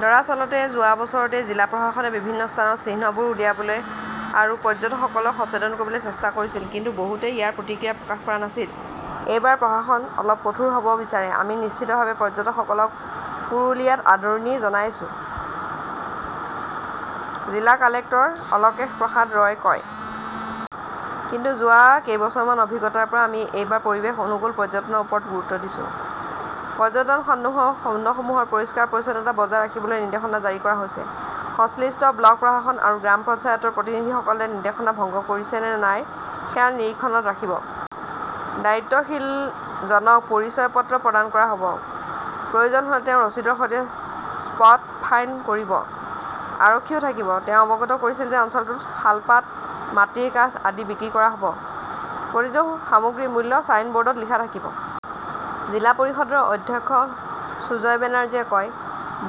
দৰাচলতে, যোৱা বছৰতে জিলা প্ৰশাসনে বিভিন্ন স্থানত চিহ্নবোৰ উলিয়াবলৈ আৰু পৰ্যটকসকলক সচেতন কৰিবলৈ চেষ্টা কৰিছিল। কিন্তু বহুতে ইয়াৰ প্ৰতিক্ৰিয়া প্ৰকাশ কৰা নাছিল। এইবাৰ প্ৰশাসন অলপ কঠোৰ হ "ব বিচাৰে। "আমি নিশ্চিতভাৱে পৰ্যটকসকলক পুৰুলিয়াত আদৰণি জনাইছো", জিলা কালেক্টৰ অলকেশ প্ৰসাদ ৰয়ে কয়। কিন্তু, যোৱা কেইবছৰমানৰ অভিজ্ঞতাৰ পৰা আমি এইবাৰ পৰিৱেশ অনুকূল পৰ্যটনৰ ওপৰত গুৰুত্ব দিছো। পৰ্যটন খণ্ডসমূহৰ পৰিষ্কাৰ-পৰিচ্ছন্নতা বজাই ৰাখিবলৈ নিৰ্দেশনা জাৰি কৰা হৈছে। সংশ্লিষ্ট ব্লক প্ৰশাসন আৰু গ্ৰাম পঞ্চায়তৰ প্ৰতিনিধিসকলে নিৰ্দেশনা ভংগ কৰিছে নে নাই সেয়া নিৰীক্ষণত ৰাখিব। দায়িত্বশীলজনক পৰিচয় পত্ৰ প্ৰদান কৰা হ "ব। প্ৰয়োজন হ "লে তেওঁ ৰচিদৰ সৈতে 'স্পট ফাইন" কৰিব। আৰক্ষীও থাকিব। "তেওঁ অৱগত কৰিছিল যে অঞ্চলটোত শালপাত, মাটিৰ কাঁচ আদি বিক্ৰী কৰা হ" ব। প্ৰতিটো সামগ্ৰীৰ মূল্য ছাইনব "ৰ্ডত লিখা থাকিব। জিলা পৰিষদৰ অধ্যক্ষ সুজয় বেনাৰ্জীয়ে কয়,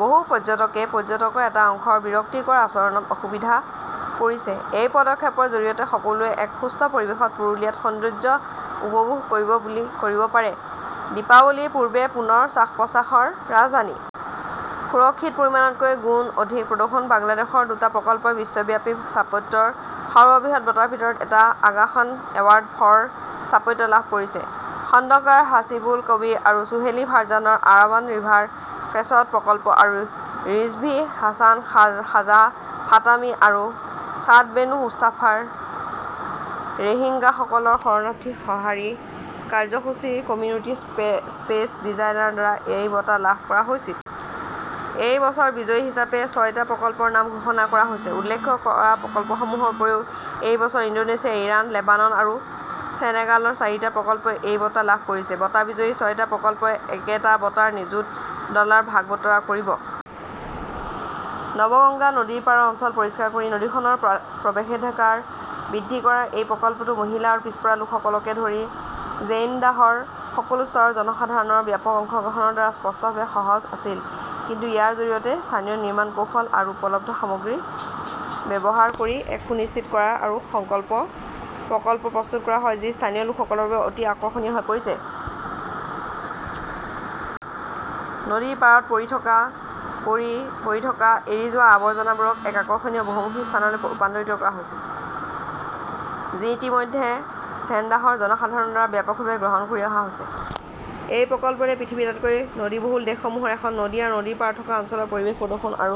"বহু পৰ্যটকই পৰ্যটকৰ এটা অংশৰ বিৰক্তিকৰ আচৰণত অসুবিধাত পৰিছে। এই পদক্ষেপৰ জৰিয়তে সকলোৱে এক সুস্থ পৰিৱেশত পুৰুলিয়াৰ সৌন্দৰ্য্য উপভোগ কৰিব পাৰে। "। দীপাৱলীৰ পূৰ্বে পুনৰ 'শ্বাস-প্ৰশ্বাস "ৰ ৰাজধানী! সুৰক্ষিত পৰিমাণতকৈ গুণ অধিক প্ৰদূষণ বাংলাদেশৰ দুটা প্ৰকল্পই বিশ্বব্যাপী স্থাপত্যৰ সৰ্ববৃহৎ বঁটাৰ ভিতৰত এটা "আগা খান এৱাৰ্ড ফৰ স্থাপত্য " লাভ কৰিছে। খণ্ডকাৰ হাছিবুল কবীৰ আৰু চুহেলি ফাৰ্জানাৰ "আৰবান ৰিভাৰ স্পেচছ প্ৰকল্প" আৰু ৰিজভি হাছান, খাজা ফাতমি আৰু ছাদ বেন মুস্তফাৰ "ৰোহিংগাসকলৰ শৰণাৰ্থী সঁহাৰি কাৰ্যসূচী" ৰ কমিউনিটি স্পেচ ডিজাইনৰ দ্বাৰা এই বঁটা লাভ কৰা হৈছিল। এই বছৰ বিজয়ী হিচাপে ছয়টা প্ৰকল্পৰ নাম ঘোষণা কৰা হৈছে। উল্লেখ কৰা প্ৰকল্পসমূহৰ উপৰিও এই বছৰ ইণ্ডোনেছিয়া, ইৰাণ, লেবানন আৰু সেনেগালৰ চাৰিটা প্ৰকল্পই এই বঁটা লাভ কৰিছে। বঁটা বিজয়ী ছয়টা প্ৰকল্পই একেএএ বঁটাৰ নিযুত ডলাৰ ভাগ-বতৰা কৰিব। নৱগঙ্গা নদীৰ পাৰৰ অঞ্চল পৰিষ্কাৰ কৰি নদীখনৰ প্ৰৱেশাধিকাৰ বৃদ্ধি কৰাৰ এই প্ৰকল্পটো মহিলা আৰু পিছপৰা লোকসকলকে ধৰি জেইনডাহৰ সকলো স্তৰৰ জনসাধাৰণৰ ব্যাপক অংশগ্ৰহণৰ দ্বাৰা স্পষ্টভাৱে সহজ আছিল। কিন্তু ইয়াৰ জৰিয়তে স্থানীয় নিৰ্মাণ কৌশল আৰু উপলব্ধ সামগ্ৰী ব্যৱহাৰ কৰি এক সুচিন্তিত আৰু সৰল প্ৰকল্প প্ৰস্তুত কৰা হয়, যি স্থানীয় লোকসকলৰ বাবে অতি আকৰ্ষণীয় হৈ পৰে। নদীৰ পাৰত থকা এৰি যোৱা আৱৰ্জনাবোৰক এক আকৰ্ষণীয় বহুমুখী স্থানলৈ ৰূপান্তৰিত কৰা হৈছে, যি ইতিমধ্যে ঝেনদাহৰ জনসাধাৰণৰ দ্বাৰা ব্যাপকভাৱে গ্ৰহণ কৰা হৈছে। এই প্ৰকল্পটোৱে পৃথিৱীৰ আটাইতকৈ নদীবহুল দেশসমূহৰ এখন নদী আৰু নদীৰ পাৰত থকা অঞ্চলত পৰিৱেশ প্ৰদূষণ আৰু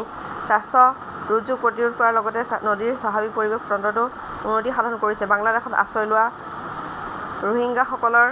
স্বাস্থ্য দুৰ্যোগ প্ৰতিৰোধ কৰাৰ লগতে নদীৰ স্বাভাৱিক পৰিৱেশ তন্ত্ৰতো উন্নতি সাধন কৰিছে। বাংলাদেশত আশ্ৰয় লোৱা ৰোহিংগাসকলৰ